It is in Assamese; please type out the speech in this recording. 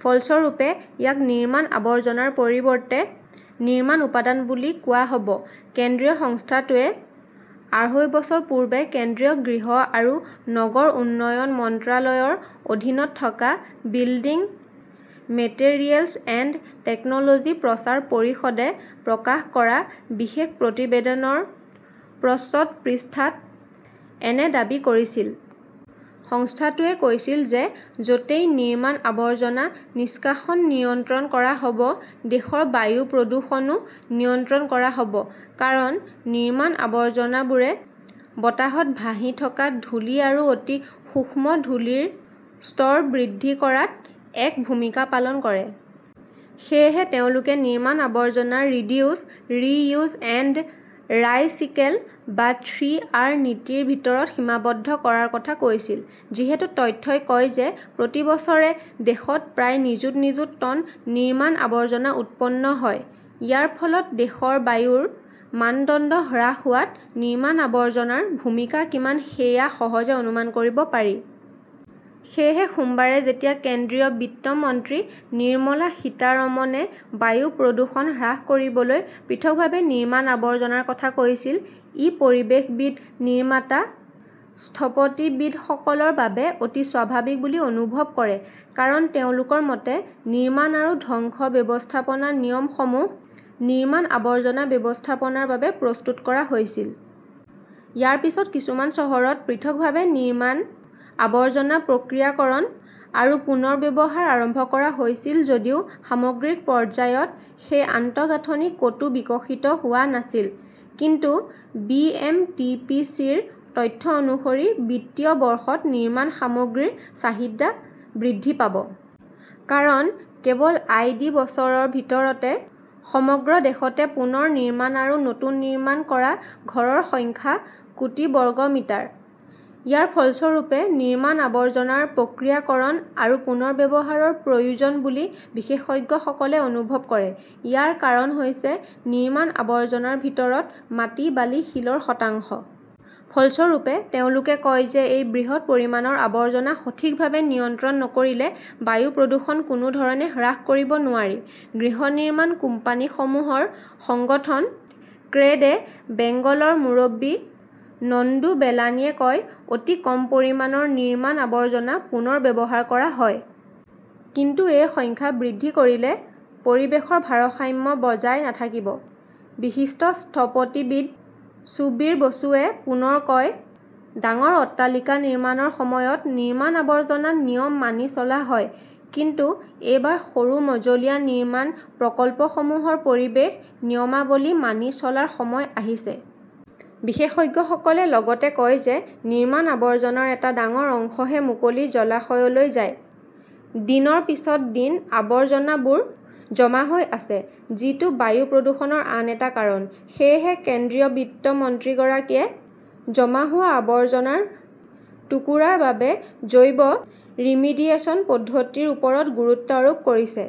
ফলস্বৰূপে, ইয়াক নিৰ্মাণ-আৱৰ্জনাৰ পৰিৱৰ্তে নিৰ্মাণ-উপাদান বুলি কোৱা হ'ব। কেন্দ্ৰীয় সংস্থাটোৱে আঢ়ৈ বছৰ পূৰ্বে কেন্দ্ৰীয় গৃহ আৰু নগৰ উন্নয়ন মন্ত্ৰালয়ৰ অধীনত থকা বিল্ডিং মেটেৰিয়েলছ এণ্ড টেকন'লজি প্ৰচাৰ পৰিষদে প্ৰকাশ কৰা বিশেষ প্ৰতিবেদনৰ প্ৰচ্ছদ পৃষ্ঠাত এনে দাবী কৰিছিল। সংস্থাটোৱে কৈছিল যে য'তেই নিৰ্মাণ-আৱৰ্জনা নিষ্কাশন নিয়ন্ত্ৰণ কৰা হ'ব, দেশৰ বায়ু প্ৰদূষণও নিয়ন্ত্ৰণ কৰা হ'ব। কাৰণ, নিৰ্মাণ আৱৰ্জনাবোৰে বতাহত ভাহি থকা ধূলি আৰু অতি সূক্ষ্ম ধূলিৰ স্তৰ বৃদ্ধি কৰাত এক ভূমিকা পালন কৰে। সেয়েহে তেওঁলোকে নিৰ্মাণ-আৱৰ্জনা ৰিডিউছ, ৰি-ইউজ এণ্ড ৰাইচিকেল বা থ্ৰী আৰ নীতিৰ ভিতৰত সীমাবদ্ধ কৰাৰ কথা কৈছিল। যিহেতু তথ্যই কয় যে প্ৰতি বছৰে দেশত প্ৰায় নিযুত নিযুত টন নিৰ্মাণ-আৱৰ্জনা উৎপন্ন হয়। ইয়াৰ ফলত দেশৰ বায়ুৰ মানদণ্ড হ্ৰাস হোৱাত নিৰ্মাণ-আৱৰ্জনাৰ ভূমিকা কিমান সেয়া সহজে অনুমান কৰিব পাৰি। সেয়েহে সোমবাৰে যেতিয়া কেন্দ্ৰীয় বিত্ত মন্ত্ৰী নিৰ্মলা সীতাৰমণে বায়ু প্ৰদূষণ হ্ৰাস কৰিবলৈ পৃথকভাৱে নিৰ্মাণ-আৱৰ্জনাৰ কথা কৈছিল, ই পৰিৱেশবিদ-নিৰ্মাতা-স্থপতিবিদসকলৰ বাবে অতি স্বাভাৱিক বুলি অনুভৱ কৰে। কাৰণ তেওঁলোকৰ মতে, নিৰ্মাণ আৰু ধ্বংস ব্যৱস্থাপনা নিয়মসমূহ, নিৰ্মাণ-আৱৰ্জনা ব্যৱস্থাপনাৰ বাবে প্ৰস্তুত কৰা হৈছিল। ইয়াৰ পিছত কিছুমান চহৰত পৃথকভাৱে নিৰ্মাণ আৱৰ্জনা প্ৰক্ৰিয়াকৰণ আৰু পুনৰ্ব্যৱহাৰ আৰম্ভ কৰা হৈছিল যদিও সামগ্ৰিক পৰ্যায়ত সেই আন্তঃগাঁথনি ক'তো বিকশিত হোৱা নাছিল। কিন্তু B. M. T. P. C. -ৰ তথ্য অনুসৰি বিত্তীয় বৰ্ষত নিৰ্মাণ সামগ্ৰীৰ চাহিদা বৃদ্ধি পাব। কাৰণ, কেৱল আই. ডি. বছৰৰ ভিতৰতে সমগ্ৰ দেশতে পুনৰ নিৰ্মাণ আৰু নতুন নিৰ্মাণ কৰা ঘৰৰ সংখ্যা কোটি বৰ্গ মিটাৰ! ইয়াৰ ফলস্বৰূপে নিৰ্মাণ আৱৰ্জনাৰ প্ৰক্ৰিয়াকৰণ আৰু পুনৰ্ব্যৱহাৰৰ প্ৰয়োজন বুলি বিশেষজ্ঞসকলে অনুভৱ কৰে। ইয়াৰ কাৰণ হৈছে নিৰ্মাণ-আৱৰ্জনাৰ ভিতৰত মাটি, বালি, শিলৰ শতাংশ। ফলস্বৰূপে, তেওঁলোকে কয় যে এই বৃহৎ পৰিমাণৰ আৱৰ্জনা সঠিকভাৱে নিয়ন্ত্ৰণ নকৰিলে বায়ু প্ৰদূষণ কোনো ধৰণে হ্ৰাস কৰিব নোৱাৰি। গৃহ নিৰ্মাণ কোম্পানীসমূহৰ সংগঠন ক্ৰেডে বেংগলৰ মুৰব্বী নন্দু বেলানীয়ে কয়, অতি কম পৰিমাণৰ নিৰ্মাণ-আৱৰ্জনা পুনৰ ব্যৱহাৰ কৰা হয়। কিন্তু এই সংখ্যা বৃদ্ধি কৰিলে পৰিৱেশৰ ভাৰসাম্য বজাই নাথাকিব। বিশিষ্ট স্থপতিবিদ সুবীৰ বসুৱে পুনৰ কয়, ডাঙৰ অট্টালিকা নিৰ্মাণৰ সময়ত নিৰ্মাণ-আৱৰ্জনা নিয়ম মানি চলা হয়। কিন্তু এইবাৰ সৰু-মজলীয়া নিৰ্মাণ প্ৰকল্পসমূহৰ পৰিৱেশ নিয়মাৱলী মানি চলাৰ সময় আহিছে। বিশেষজ্ঞসকলে লগতে কয় যে নিৰ্মাণ-আৱৰ্জনাৰ এটা ডাঙৰ অংশহে মুকলি জলাশয়লৈ যায়। দিনৰ পিছত দিন আৱৰ্জনাবোৰ জমা হৈ আছে। যিটো বায়ু প্ৰদূষণৰ আন এটা কাৰণ। সেয়েহে কেন্দ্ৰীয় বিত্ত মন্ত্ৰীগৰাকীয়ে জমা হোৱা আৱৰ্জনাৰ টুকুৰা ৰ বাবে জৈৱ-ৰিমিডিয়েচন পদ্ধতিৰ ওপৰত গুৰুত্ব আৰোপ কৰিছে।